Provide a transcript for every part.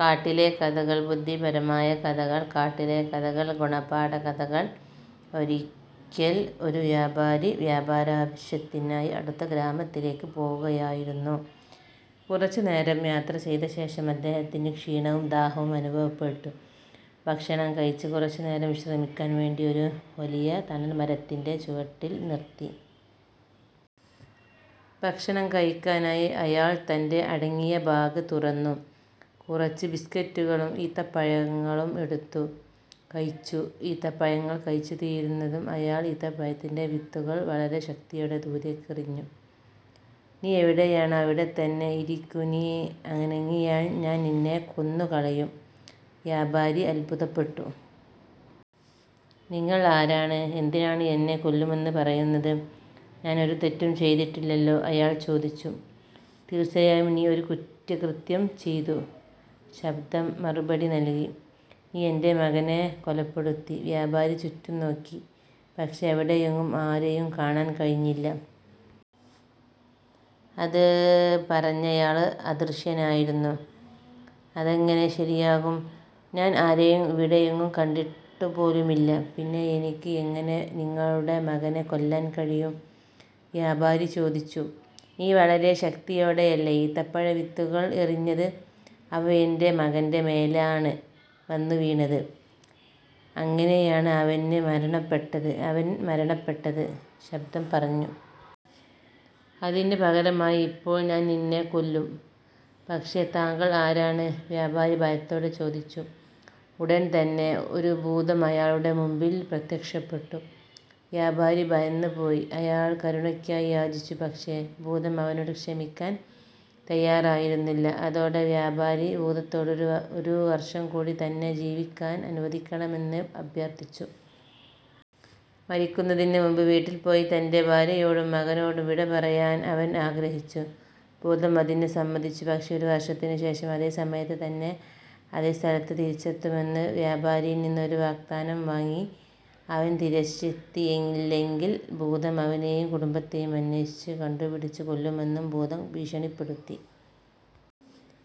കാട്ടിലെ കഥകള് ബുദ്ധിപരമായ കഥകൾ കാട്ടിലെ കഥകള് ഗുണപാഠ കഥകള് ഒരിയ്ക്കല് ഒരു വ്യാപാരി വ്യാപാര ആവശ്യത്തിനായി അടുത്ത ഗ്രാമത്തിലേക്ക് പോകുകയായിരുന്നു. കുറച്ചു നേരം യാത്ര ചെയ്ത ശേഷം അദ്ദേഹത്തിന് ക്ഷീണവും ദാഹവും അനുഭവപ്പെട്ടു. ഭക്ഷണം കഴിച്ച് കുറച്ചു നേരം വിശ്രമിക്കാൻ വേണ്ടി ഒരു വലിയ തണൽ മരത്തിന്റെ ചുവട്ടിൽ നിർത്തി. ഭക്ഷണം കഴിക്കാനായി അയാള് തന്റെ അടങ്ങിയ ബാഗ് തുറന്നു. കുറച്ച് ബിസ്കറ്റുകളും ഈത്തപ്പഴങ്ങളും എടുത്തു കഴിച്ചു. ഈത്തപ്പഴങ്ങൾ കഴിച്ചു തീര്ന്നതും അയാള് ഈത്തപ്പഴത്തിന്റെ വിത്തുകൾ വളരെ ശക്തിയോടെ ദൂരെയ്ക്ക് എറിഞ്ഞു. "നീ എവിടെയാണോ അവിടെത്തന്നെ ഇരിക്കൂ. നീ അനങ്ങിയാല് ഞാൻ നിന്നെ കൊന്നു കളയും. " വ്യാപാരി അത്ഭുതപ്പെട്ടു. "നിങ്ങള് ആരാണ്? എന്തിനാണ് എന്നെ കൊല്ലുമെന്ന് പറയുന്നത്? ഞാൻ ഒരു തെറ്റും ചെയ്തിട്ടില്ലല്ലോ? " അയാൾ ചോദിച്ചു. "തീര്ച്ചയായും നീ ഒരു കുറ്റകൃത്യം ചെയ്തു," ശബ്ദം മറുപടി നൽകി. "നീ എന്റെ മകനെ കൊലപ്പെടുത്തി. " വ്യാപാരി ചുറ്റും നോക്കി, പക്ഷേ അവിടെയെങ്ങും ആരെയും കാണാൻ കഴിഞ്ഞില്ല. അത് പറഞ്ഞയാള് അദൃശ്യനായിരുന്നു. "അതെങ്ങിനെ ശരിയാകും. ഞാന് ആരെയും ഇവിടെയെങ്ങും കണ്ടിട്ടു പോലുമില്ല. പിന്നെ എനിക്ക് എങ്ങനെ നിങ്ങളുടെ മകനെ കൊല്ലാൻ കഴിയും? " വ്യാപാരി ചോദിച്ചു. "നീ വളരെ ശക്തിയോടെയല്ലേ ഈന്തപ്പഴ വിത്തുകൾ എറിഞ്ഞത്, അവ എന്റെ മകന്റെ മേലാണ് വന്നു വീണത്. അങ്ങിനെയാണ് അവന് മരണപ്പെട്ടത്," ശബ്ദം പറഞ്ഞു. " അതിന് പകരമായി ഇപ്പോൾ, ഞാൻ നിന്നെ കൊല്ലും. " "പക്ഷേ താങ്കള് ആരാണ്? " വ്യാപാരി ഭയത്തോടെ ചോദിച്ചു. ഉടന് തന്നെ ഒരു ഭൂതംഅയാളുടെ മുന്പില് പ്രത്യക്ഷപ്പെട്ടു. വ്യാപാരി ഭയന്നു പോയി. അയാള് കരുണയ്ക്കായി യാചിച്ചു. പക്ഷേ, ഭൂതം അവനോട് ക്ഷമിക്കാൻ തയ്യാറായിരുന്നില്ല. അതോടെ വ്യാപാരി ഭൂതത്തോട് ഒരു വർഷം കൂടി തന്നെ ജീവിക്കാന് അനുവദിക്കണമെന്ന് അഭ്യർത്ഥിച്ചു. മരിക്കുന്നതിന് മുമ്പ് വീട്ടിൽ പോയി തന്റെ ഭാര്യയോടും മകനോടും വിട പറയാൻ അവൻ ആഗ്രഹിച്ചു. ഭൂതം അതിന് സമ്മതിച്ചു. പക്ഷേ ഒരു വർഷത്തിനുശേഷം അതേ സമയത്ത് തന്നെ അതേ സ്ഥലത്തേക്ക് തിരിച്ചെത്തുമെന്ന് വ്യാപാരിയിൽ നിന്ന് ഒരു വാഗ്ദാനം വാങ്ങി. അവൻ തിരിച്ചെത്തിയില്ലെങ്കിൽ, ഭൂതം അവനെയും കുടുംബത്തെയും അന്വേഷിച്ച് കണ്ടുപിടിച്ച് കൊല്ലുമെന്നും ഭൂതം ഭീഷണിപ്പെടുത്തി.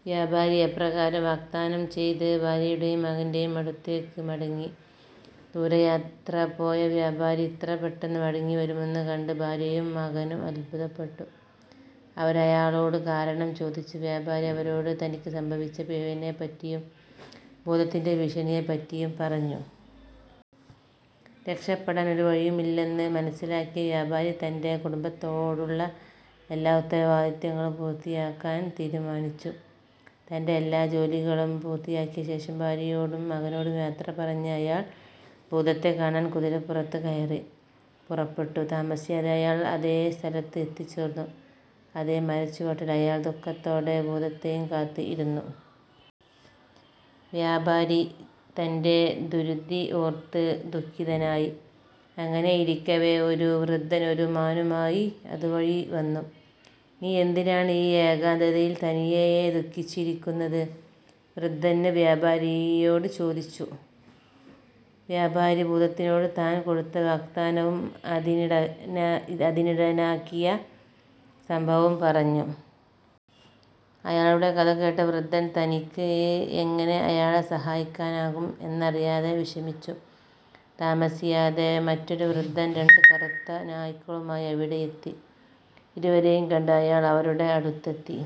വ്യാപാരി അപ്രകാരം വാഗ്ദാനം ചെയ്ത് ഭാര്യയുടെയും മകന്റെയും അടുത്തേക്ക് മടങ്ങി. ദൂര യാത്ര പോയ വ്യാപാരി ഇത്ര പെട്ടെന്ന് മടങ്ങിവരുന്നത് കണ്ട് ഭാര്യയും മകനും അത്ഭുതപ്പെട്ടു. അവര് അയാളോട് കാരണം ചോദിച്ചു. വ്യാപാരി അവരോട് തനിക്ക് സംഭവിച്ച പിഴവിനെ പറ്റിയും, ഭൂതത്തിന്റെ ഭീഷണിയെ പറ്റിയും പറഞ്ഞു. രക്ഷപ്പെടാൻ ഒരു വഴിയുമില്ലെന്ന് മനസ്സിലാക്കിയ വ്യാപാരി തന്റെ കുടുംബത്തോടുള്ള എല്ലാ ഉത്തരവാദിത്തങ്ങളും പൂർത്തിയാക്കാൻ തീരുമാനിച്ചു. തന്റെ എല്ലാ ജോലികളും പൂർത്തിയാക്കിയ ശേഷം, ഭാര്യയോടും മകനോടും യാത്ര പറഞ്ഞ് അയാള് ഭൂതത്തെ കാണാൻ കുതിരപ്പുറത്ത് കയറി പുറപ്പെട്ടു. താമസിയാതെ അയാള് അതേ സ്ഥലത്ത് എത്തിച്ചെര്ന്നു, അതേ മരത്തിന്റെ ചുവട്ടിൽ അയാള് ദുഃഖത്തോടെ ഭൂതത്തിനെയും കാത്ത് ഇരുന്നു. വ്യാപാരി തന്റെ ദുര്വിധി ഓര്ത്ത് ദുഖിതനായി അങ്ങിനെ ഇരിക്കവേ, ഒരു വൃദ്ധൻ ഒരു മാനുമായി അത് വഴി വന്നു. "നീ എന്തിനാണ് ഈ ഏകാന്തതയില് തനിയെ ദുഖിച്ച് ഇരിക്കുന്നത്? " വൃദ്ധന് വ്യാപാരിയോട് ചോദിച്ചു. വ്യാപാരി ഭൂതത്തിനോട് താന് കൊടുത്ത വാഗ്ദാനവും അതിനിടയാക്കിയ സംഭവവും പറഞ്ഞു. അയാളുടെ കഥ കേട്ട വൃദ്ധന് തനിക്ക് എങ്ങിനെ അയാളെ സഹായിക്കാനാകും എന്നറിയാതെ വിഷമിച്ചു. താമസിയാതെ, മറ്റൊരു വൃദ്ധൻ രണ്ട് കറുത്ത നായ്ക്കളുമായി അവിടെയെത്തി. ഇരുവരെയും കണ്ട് അയാള് അവരുടെ അടുത്തെത്തി.